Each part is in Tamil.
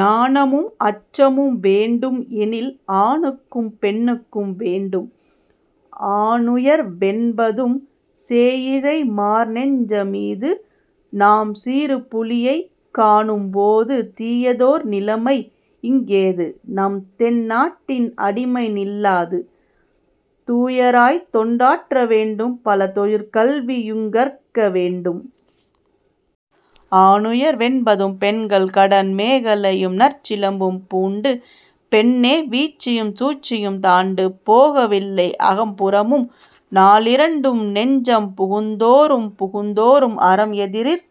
நாணமும் அச்சமும் வேண்டும் -- எனில் ஆணுக்கும் பெண்ணுக்கும் வேண்டும். ஆணுயர் வென்பதும்... சேயிழை மார்நெஞ்ச மீது -- நாம் சீறுபுலி யைக்காணும் போது தீயதோர் நிலைமைஇங் கேது? -- நம் தென்னாட்டின் அடிமைநில் லாது. தூயராய்த் தொண்டாற்ற வேண்டும் -- பல தொழிற்கல்வி யுங்கற்க வேண்டும். ஆணுயர் வென்பதும்... பெண்கள் கடன் மேகலையும் நற்சிலம்பும் பூண்டு -- பெண்ணே வீழ்ச்சியும் சூழ்ச்சியும் தாண்டு! போகவில்லை அகம்புறமும், நாலிரண்டும் நெஞ்சம் புகுந்தோறும் புகுந்தோறும் அறம் எதிரிற்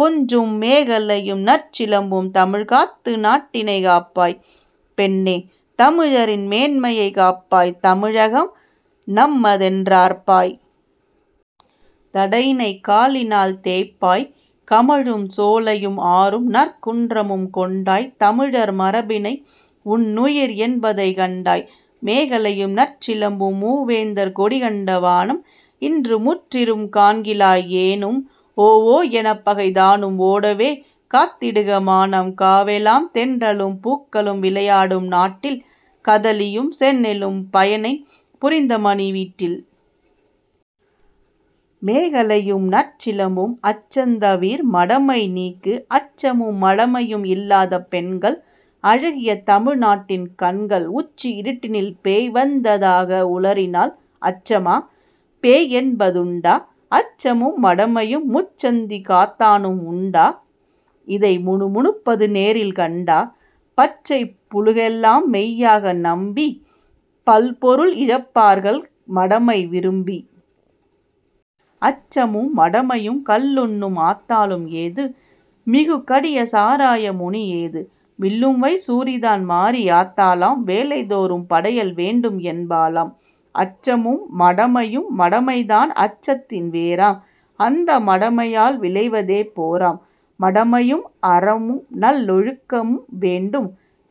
கொஞ்சும் மேகலையும் நற்சிலம்பும்... தமிழ்காத்து நாட்டினைக் காப்பாய் -- பெண்ணே தமிழரின் மேன்மையைக் காப்பாய் தமிழகம் நம்மதென் றார்ப்பாய்। தடையினைக் காலினால் தேய்ப்பாய்! கமழும் சோலையும், ஆறும் நற்குன்றமும் கொண்டாய் தமிழர் மரபினை உன்னுயிர் என்பதைக் கண்டாய். மேகலையும் நற்சிலம்பும்... மூவேந்தர் கொடி கண்ட வானம் -- இன்று முற்றிலும் கான்கிலாய் ஏனும் ஓஓஎ னப் பகை தானும் ஓடவே காத் திடுக மானம் காவெலாம் தென்றலும் பூக்களும் விளையாடும் நாட்டில் கதலியும் செந்நெலும் பயனைப் புரிந்தமணி வீட்டில். மேகலையும் நற்சிலம்பும்... அச்சந்தவிர், மடமை நீக்கு! அச்சமும் மடமையும் இல்லாத பெண்கள் அழகிய தமிழ் நாட்டின் கண்கள் உச்சி இருட்டினில் பேய்வந்த தாக உளறினால் அச்சமா? பேய் என்ப துண்டா? அச்சமும் மடமையும்... முச்சந்திக் காத்தானும் உண்டா? -- இதை முணுமுணுப்பது நேரில் கண்டா? பச்சைப் புளுகெலாம் மெய்யாக நம்பிப் பல்பொருள் இழப்பார்கள் மடமை விரும்பி! அச்சமும் மடமையும்... கள்ளுண்ணும் ஆத்தாளும் ஏது? -- மிகு கடியசா ராயமுனி ஏது? விள்ளும்வை சூரிதான் மாரியாத் தாளாம்; வேளைதோறும் படையல் வேண்டும்என் பாளாம். அச்சமும் மடமையும்... மடமைதான் அச்சத்தின் வேராம் -- அந்த மடமையால் விளைவதே போராம்! மடமையும் அறமுநல் லொழுக்கமும் வேண்டும்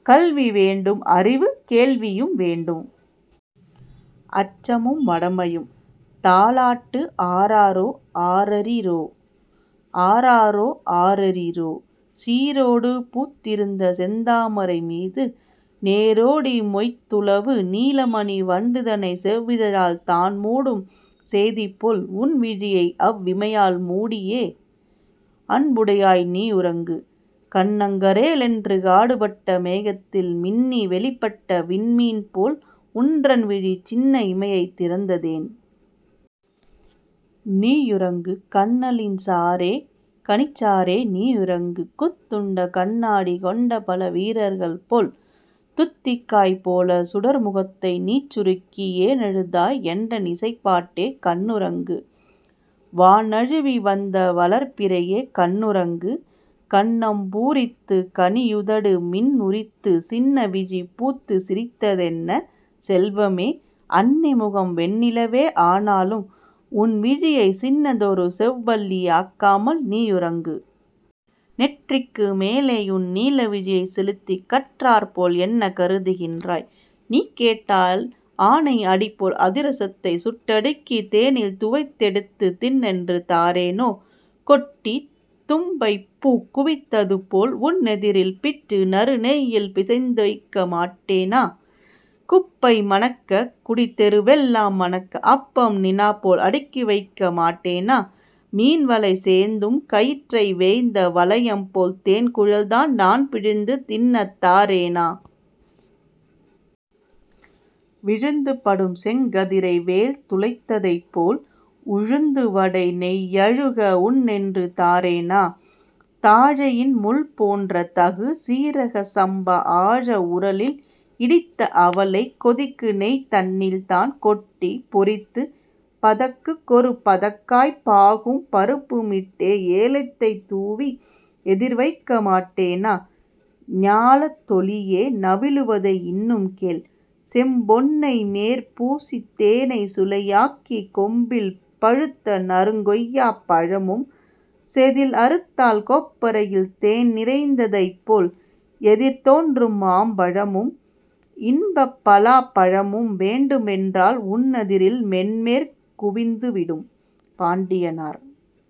கல்விவேண் டும்அறிவு கேள்வியும் வேண்டும். அச்சமும் மடமையும்... தாலாட்டு ஆராரோ ஆரரிரோ ஆராரோ ஆரரிரோ! சீரோடு பூத்திருந்த செந்தாமரை மீது நேரோடி மொய்த்துலவு நீலமணி வண்டுதனைச் செவ்விதழால் தான்மூடும் சேதிபோல் உன்விழியை அவ்விமையால் மூடியே அன்புடையாய் நீயுறங்கு! கன்னங் கறேலென்று காடுபட்ட மேகத்தில் மின்னி வெளிப்பட்ட விண்மீன்போல் உன்றன்விழி சின்ன இமையைத் திறந்ததேன்? நீயுறங்கு! கன்னலின் சாறே கனிச்சாறே நீயுறங்கு! குத்துண்ட கண்ணாடி கொண்டபல வீரர்கள்போல் துத்திக்காய் போலச் சுடர்முகத்தை நீசுருக்கி ஏனழுதாய் என்றன் இசைப்பாட்டே கண்ணுறங்கு! வான்நழுவி வந்த வளர்பிறையே கண்ணுறங்கு! கன்னம்பூ ரித்துக் கனியுதடு மின்உதிர்த்துச் சின்னவிழி பூத்துச் சிரித்ததென்ன செல்வமே? அன்னைமுகம் வெண்ணிலவே ஆனாலும் உன்விழியைச் சின்னதொரு செவ்வல்லி ஆக்காமல் நீயுறங்கு! நெற்றிக்கு மேலேயுன் நீலவிழியைச் செலுத்திக் கற்றார்போல் என்ன கருதுகின்றாய்? நீகேட்டால் ஆனை அடிபோல் அதிரசத்தைச் சுட்டடுக்கித் தேனில் துவைத்தெடுத்துத் தின்னென்று தாரேனோ? கொட்டித் தும்பைப்பூக் குவித்ததுபோல் உன்னெதிரில் பிட்டுநறு நெய்யில் பிசைந்துவைக்க மாட்டேனா? குப்பைமணக்கக் குடித்தெருவெல் லாம் மணக்க அப்பம் நிலாப்போல் அடுக்கிவைக்க மாட்டேனா? மீன்வலைசேந் தும்கயிற்றை வேய்ந்த வளையம்போல் தேன்குழல்தான் நான்பிழிந்து தின்னத் தாரேனா? விழுந்துபடும் செங்கதிரை வேல் துளைத்ததைப்போல் உழுந்துவடை நெய்யழுக உண்ணென்று தாரேனா? தாழையின் முள்போன்ற தகுசீ ரகச்சம்பா ஆழ உரலில் இடித்த அவலைக் கொதிக்குநெய் தன்னில்தான் கொட்டிப் பொறித்துப் பதக்குக் கொருபதக்காய்ப் பாகும் பருப்புமிட்டே ஏலத்தைத் தூவி எதிர் வைக்கமாட்டேனா? ஞாலத்தொளியே நவிலுவதை இன்னும் கேள்: செம்பொன்னை மேற்பூசித் தேனைச் சுளையாக்கிக் கொம்பில் பழுத்தநறுங் கொய்யாப் பழமும் செதில்அறுத்தால் கொப்பரையில் தேன்நிறைந்த தைப்போல் எதிர்த்தோன்றும் மாம்பழமும் இன்பப் பலாப்பழமும் வேண்டுமென்றால் உன்னெதிரில் மேன்மேற் குவிந்துவிடும். பாண்டியனார்